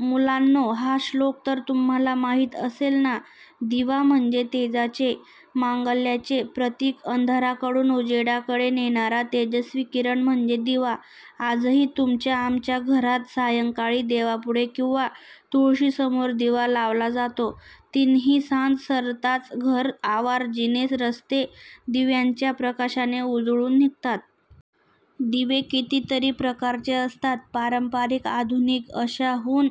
मुलांनो, हा श्लोक तर तुम्हांला माहीत असेल ना! दिवा म्हणजे तेजाचे, मांगल्याचे प्रतीक. अंधाराकडून उजेडाकडे नेणारा तेजस्वी किरण म्हणजे दिवा. आजही तुमच्या-आमच्या घरात सायंकाळी देवापुढे किंवा तुळशीसमोर दिवा लावला जातो. तिन्हीसांज सरताच घर, आवार, जिने, रस्ते दिव्यांच्या प्रकाशाने उजळून निघतात. दिवे कितीतरी प्रकारचे असतात. पारंपरिक, आधुनिक अशा हून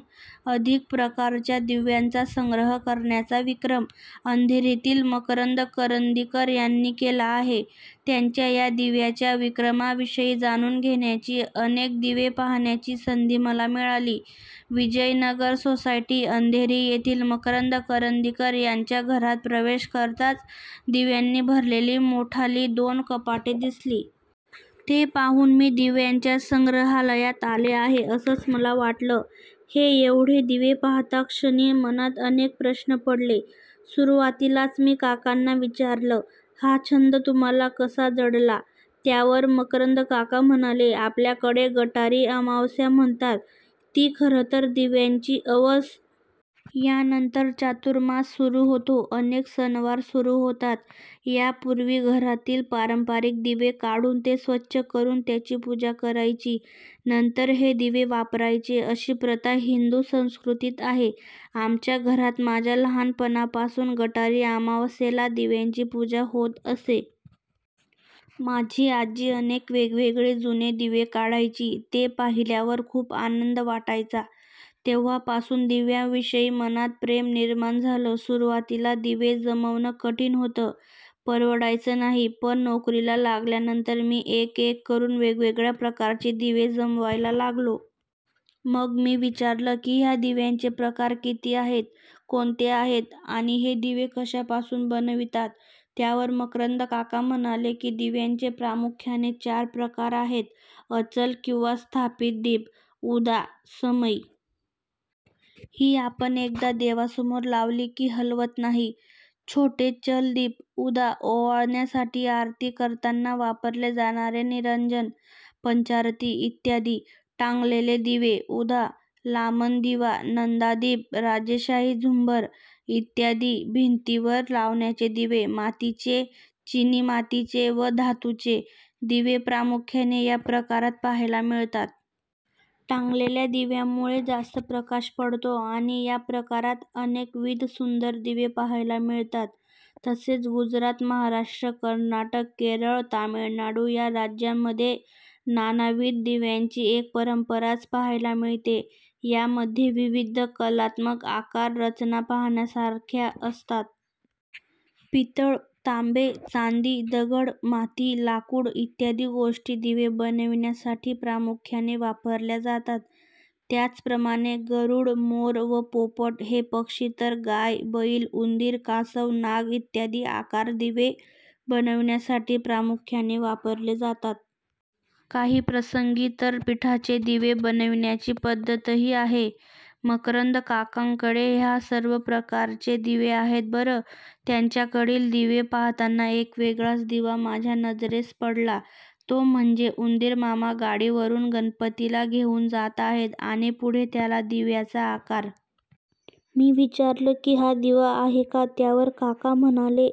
अधिक प्रकारच्या दिव्यांचा संग्रह करण्याचा विक्रम, अंधेरीतील मकरंद करंदीकर यांनी केला आहे. त्यांच्या या दिव्यांच्या विक्रमाविषयी जाणून घेण्याची, अनेक दिवे पाहण्याची संधी मला मिळाली. विजयनगर सोसायटी अंधेरी येथील मकरंद करंदीकर यांच्या घरात प्रवेश करताच दिव्यांनी भरलेली मोठाली दोन कपाटे दिसली. ते पाहून मी दिव्यांच्या संग्रहालयात आले आहे, असंच मला वाटलं. हे एवढे दिवे पाहतक्षणी मनात अनेक प्रश्न पडले. सुरुवातीलाच मी काकांना विचारलं- "हा छंद तुम्हांला कसा जडला? " त्यावर मकरंद काका म्हणाले, "आपल्याकडे गटारी अमावास्या म्हणतात, ती खरंतर दिव्यांची अवस. यानंतर चातुर्मास सुरू होतो. अनेक सणवार सुरू होतात. यापूर्वी घरातील पारंपरिक दिवे काढून ते स्वच्छ करून त्याची पूजा करायची, नंतर हे दिवे वापरायचे, अशी प्रथा हिंदू संस्कृतीत आहे. आमच्या घरात माझ्या लहानपणापासून गटारी अमावास्येला दिव्यांची पूजा होत असे. माझी आजी अनेक वेगवेगळे जुने दिवे काढायची ते पाहिल्यावर खूप आनंद वाटायचा. तेव्हापासून दिव्यांविषयी मनात प्रेम निर्माण झालं. सुरूवातीला दिवे जमवणं कठीण होतं. परवडायचं नाही. पण नोकरीला लागल्यानंतर मी एक-एक करुन वेगवेगळ्या प्रकारचे दिवे जमवायला लागलो. " मग मी विचारलं की ह्या दिव्यांचे प्रकार किती आहेत, कोणते आहेत आणि हे दिवे कशापासून बनवितात? त्यावर मकरंद काका म्हणाले की, दिव्यांचे प्रामुख्याने चार प्रकार आहेत.. अचल किंवा स्थापित दीप उदा. समई. ही आपण एकदा देवासमोर लावली की हलवत नाही.. छोटे चल दीप- उदा. ओवाळण्यासाठी, आरती करतांना वापरले जाणारे निरांजन, पंचारती इत्यादी.. टांगलेले दिवे- उदा. लामण दिवा, नंदादीप, राजेशाही झुंबर इत्यादी.. भिंतीवर लावण्याचे दिवे- मातीचे, चीनी मातीचे व धातूचे दिवे प्रामुख्याने या प्रकारात पाहायला मिळतात. टांगलेल्या दिव्यांमुळे जास्त प्रकाश पडतो आणि या प्रकारात अनेकविध सुंदर दिवे पहायला मिळतात. तसेच गुजरात, महाराष्ट्र, कर्नाटक, केरळ, तामिळनाडू या राज्यांमध्ये नानाविध दिव्यांची एक परंपराच पहायला मिळते. यामध्ये विविध कलात्मक आकार, रचना पाहण्यासारख्या असतात. पितळ, तांबे, चांदी, दगड, माती, लाकूड इत्यादी गोष्टी दिवे बनविण्यासाठी प्रामुख्याने वापरल्या जातात. त्याचप्रमाणे गरुड, मोर व पोपट हे पक्षी तर गाय, बैल, उंदीर, कासव, नाग इत्यादी आकार दिवे बनविण्यासाठी प्रामुख्याने वापरले जातात. काही प्रसंगी तर पीठाचे दिवे बनविण्याची पद्धतही आहे. मकरंद काकांकडे ह्या सर्व प्रकारचे दिवे आहेत बरं. त्यांच्याकडील दिवे पाहताना एक वेगळाच दिवा माझ्या नजरेस पडला तो म्हणजे उंदीरमामा गाडीवरून गणपतीला घेऊन जात आहेत आणि पुढे त्याला दिव्याचा आकार. मी विचारलं की हा दिवा आहे का? त्यावर काका म्हणाले